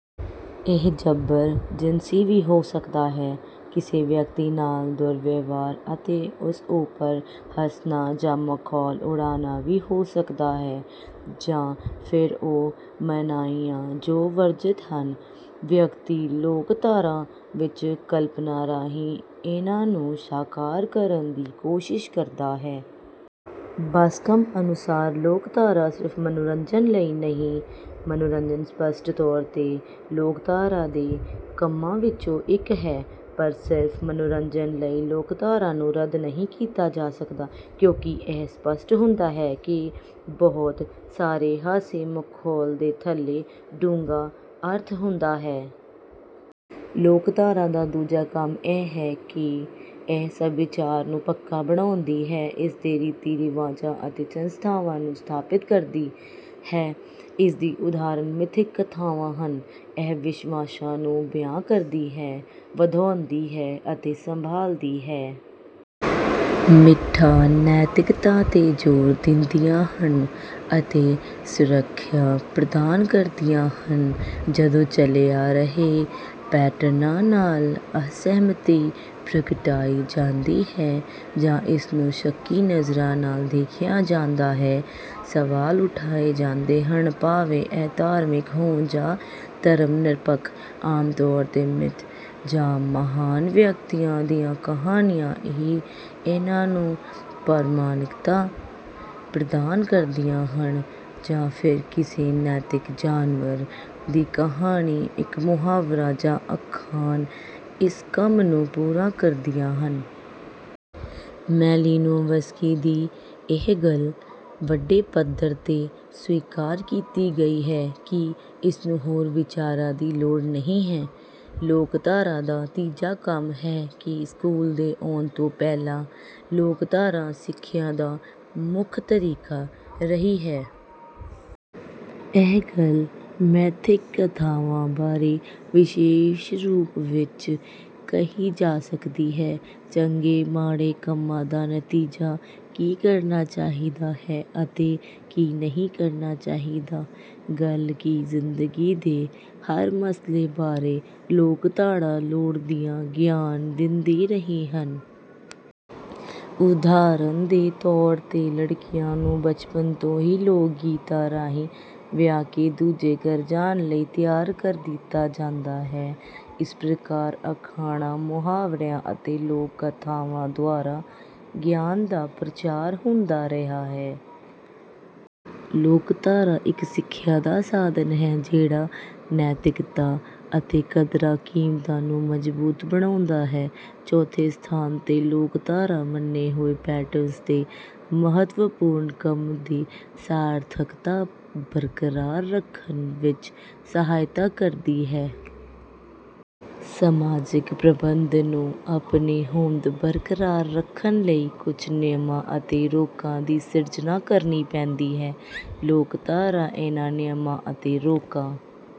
ਇਹ ਜ਼ਬਰ ਜਿਨਸੀ ਵੀ ਹੋ ਸਕਦਾ ਹੈ, ਕਿਸੇ ਵਿਅਕਤੀ ਨਾਲ ਦੁਰਵਿਵਹਾਰ ਅਤੇ ਉਸ ਉਪਰ ਹੱਸਣਾ ਜਾਂ ਮਖੌਲ ਉਡਾਉਣਾ ਵੀ ਹੋ ਸਕਦਾ ਹੈ, ਜਾਂ ਫਿਰ ਉਹ ਮਨਾਹੀਆਂ ਜੋ ਵਰਜਿਤ ਹਨ। ਵਿਅਕਤੀ ਲੋਕਧਾਰਾ ਵਿੱਚ ਕਲਪਨਾ ਰਾਹੀਂ ਇਹਨਾਂ ਨੂੰ ਸਾਕਾਰ ਕਰਨ ਦੀ ਕੋਸ਼ਿਸ਼ ਕਰਦਾ ਹੈ। ਬਾਸਕਮ ਅਨੁਸਾਰ ਲੋਕਧਾਰਾ ਸਿਰਫ ਮਨੋਰੰਜਨ ਲਈ ਨਹੀਂ ਹੈ। ਮਨੋਰੰਜਨ ਸਪੱਸ਼ਟ ਤੌਰ ਤੇ ਲੋਕਧਾਰਾ ਦੇ ਕੰਮਾਂ ਵਿੱਚੋਂ ਇੱਕ ਹੈ ਪਰ ਸਿਰਫ ਮਨੋਰੰਜਨ ਲਈ ਲੋਕਧਾਰਾ ਨੂੰ ਰੱਦ ਨਹੀਂ ਕੀਤਾ ਜਾ ਸਕਦਾ। ਕਿਉਂਕਿ ਇਹ ਸਪੱਸ਼ਟ ਹੁੰਦਾ ਹੈ ਕਿ ਬਹੁਤ ਸਾਰੇ ਹਾਸੇ ਮਖੌਲਾਂ ਦੇ ਥੱਲੇ ਡੂੰਘਾ ਅਰਥ ਹੁੰਦਾ ਹੈ। ਲੋਕਧਾਰਾ ਦਾ ਦੂਜਾ ਕੰਮ ਇਹ ਹੈ ਕਿ ਇਹ ਸਭਿਆਚਾਰ ਨੂੰ ਪੱਕਾ ਬਣਾਉਂਦੀ ਹੈ, ਇਸਦੇ ਰੀਤੀ ਰਿਵਾਜਾਂ ਅਤੇ ਸੰਸਥਾਵਾਂ ਨੂੰ ਸਥਾਪਿਤ ਕਰਦੀ ਹੈ। ਇਸਦੀ ਉਦਾਹਰਣ ਮਿਥਿਕ ਕਥਾਵਾਂ ਹਨ। ਇਹ ਵਿਸ਼ਵਾਸਾਂ ਨੂੰ ਬਿਆਨ ਕਰਦੀ ਹੈ, ਵਧਾਉਂਦੀ ਹੈ ਅਤੇ ਸੰਭਾਲਦੀ ਹੈ। ਮਿਥਾਂ ਨੈਤਿਕਤਾ ਤੇ ਜ਼ੋਰ ਦਿੰਦੀਆਂ ਹਨ ਅਤੇ ਸੁਰੱਖਿਆ ਪ੍ਰਦਾਨ ਕਰਦੀਆਂ ਹਨ। ਜਦੋਂ ਚਲੇ ਆ ਰਹੇ ਪੈਟਰਨਾਂ ਨਾਲ ਅਸਹਿਮਤੀ ਪ੍ਰਗਟਾਈ ਜਾਂਦੀ ਹੈ ਜਾਂ ਇਸਨੂੰ ਸ਼ੱਕੀ ਨਜ਼ਰਾਂ ਨਾਲ ਦੇਖਿਆ ਜਾਂਦਾ ਹੈ, ਸਵਾਲ ਉਠਾਏ ਜਾਂਦੇ ਹਨ, ਭਾਵੇਂ ਇਹ ਧਾਰਮਿਕ ਹੋਣ ਜਾਂ ਧਰਮ ਨਿਰਪੱਖ, ਆਮ ਤੌਰ ਤੇ ਮਿੱਥ ਜਾਂ ਮਹਾਨ ਵਿਅਕਤੀਆਂ ਦੀਆਂ ਕਹਾਣੀਆਂ ਹੀ ਇਹਨਾਂ ਨੂੰ ਪ੍ਰਮਾਣਿਕਤਾ ਪ੍ਰਦਾਨ ਕਰਦੀਆਂ ਹਨ ਜਾਂ ਫਿਰ ਕਿਸੇ ਨੈਤਿਕ ਜਾਨਵਰ ਦੀ ਕਹਾਣੀ, ਇੱਕ ਮੁਹਾਵਰਾ ਜਾਂ ਅਖਾਣ, ਇਸ ਕੰਮ ਨੂੰ ਪੂਰਾ ਕਰਦੀਆਂ ਹਨ। ਮੈਲੀਨੋਵਸਕੀ ਦੀ ਇਹ ਗੱਲ ਵੱਡੇ ਪੱਧਰ ਤੇ ਸਵੀਕਾਰ ਕੀਤੀ ਗਈ ਹੈ ਕਿ ਇਸਨੂੰ ਹੋਰ ਵਿਚਾਰਨ ਦੀ ਲੋੜ ਨਹੀਂ ਹੈ। ਲੋਕਧਾਰਾ ਦਾ ਤੀਜਾ ਕੰਮ ਇਹ ਹੈ ਕਿ ਸਕੂਲ ਦੇ ਆਉਣ ਤੋਂ ਪਹਿਲਾਂ, ਲੋਕਧਾਰਾ ਸਿੱਖਿਆ ਦਾ ਮੁੱਖ ਤਰੀਕਾ ਰਹੀ ਹੈ। ਇਹ ਗੱਲ ਮਿਥਿਕ ਕਥਾਵਾਂ ਬਾਰੇ ਵਿਸ਼ੇਸ਼ ਰੂਪ ਵਿੱਚ ਕਹੀ ਜਾ ਸਕਦੀ ਹੈ। ਚੰਗੇ ਮਾੜੇ ਕੰਮਾਂ ਦਾ ਨਤੀਜਾ, ਕੀ ਕਰਨਾ ਚਾਹੀਦਾ ਹੈ ਅਤੇ ਕੀ ਨਹੀਂ ਕਰਨਾ ਚਾਹੀਦਾ। ਗੱਲ ਕੀ ਜ਼ਿੰਦਗੀ ਦੇ ਹਰ ਮਸਲੇ ਬਾਰੇ ਲੋਕਧਾਰਾ ਲੋੜੀਂਦਾ ਗਿਆਨ ਦਿੰਦੀ ਰਹੀ ਹੈ। ਉਦਾਹਰਣ ਦੇ ਤੌਰ ਤੇ ਲੜਕੀਆਂ ਨੂੰ ਬਚਪਨ ਤੋਂ ਹੀ ਲੋਕ ਗੀਤਾਂ ਰਾਹੀਂ ਵਿਆਹ ਕੇ ਦੂਜੇ ਘਰ ਜਾਣ ਲਈ ਤਿਆਰ ਕਰ ਦਿੱਤਾ ਜਾਂਦਾ ਹੈ। ਇਸ ਪ੍ਰਕਾਰ ਅਖਾਣਾਂ, ਮੁਹਾਵਰਿਆਂ ਅਤੇ ਲੋਕ ਕਥਾਵਾਂ ਦੁਆਰਾ ਗਿਆਨ ਦਾ ਪ੍ਰਚਾਰ ਹੁੰਦਾ ਰਿਹਾ ਹੈ। ਲੋਕਧਾਰਾ ਇੱਕ ਸਿੱਖਿਆ ਦਾ ਸਾਧਨ ਹੈ ਜਿਹੜਾ ਨੈਤਿਕਤਾ ਅਤੇ ਕਦਰਾਂ ਕੀਮਤਾਂ ਨੂੰ ਮਜ਼ਬੂਤ ਬਣਾਉਂਦਾ ਹੈ। ਚੌਥੇ ਸਥਾਨ ਤੇ ਲੋਕਧਾਰਾ ਮੰਨੇ ਹੋਏ ਪੈਟਰਨਸ ਦੇ ਮਹੱਤਵਪੂਰਨ ਕੰਮ ਦੀ ਸਾਰਥਕਤਾ ਬਰਕਰਾਰ ਰੱਖਣ ਵਿੱਚ ਸਹਾਇਤਾ ਕਰਦੀ ਹੈ। ਸਮਾਜਿਕ ਪ੍ਰਬੰਧ ਨੂੰ ਆਪਣੀ ਹੋਂਦ ਬਰਕਰਾਰ ਰੱਖਣ ਲਈ ਕੁਝ ਨਿਯਮਾਂ ਅਤੇ ਰੋਕਾਂ ਦੀ ਸਿਰਜਣਾ ਕਰਨੀ ਪੈਂਦੀ ਹੈ। ਲੋਕਧਾਰਾ ਇਹਨਾਂ ਨਿਯਮਾਂ ਅਤੇ ਰੋਕਾਂ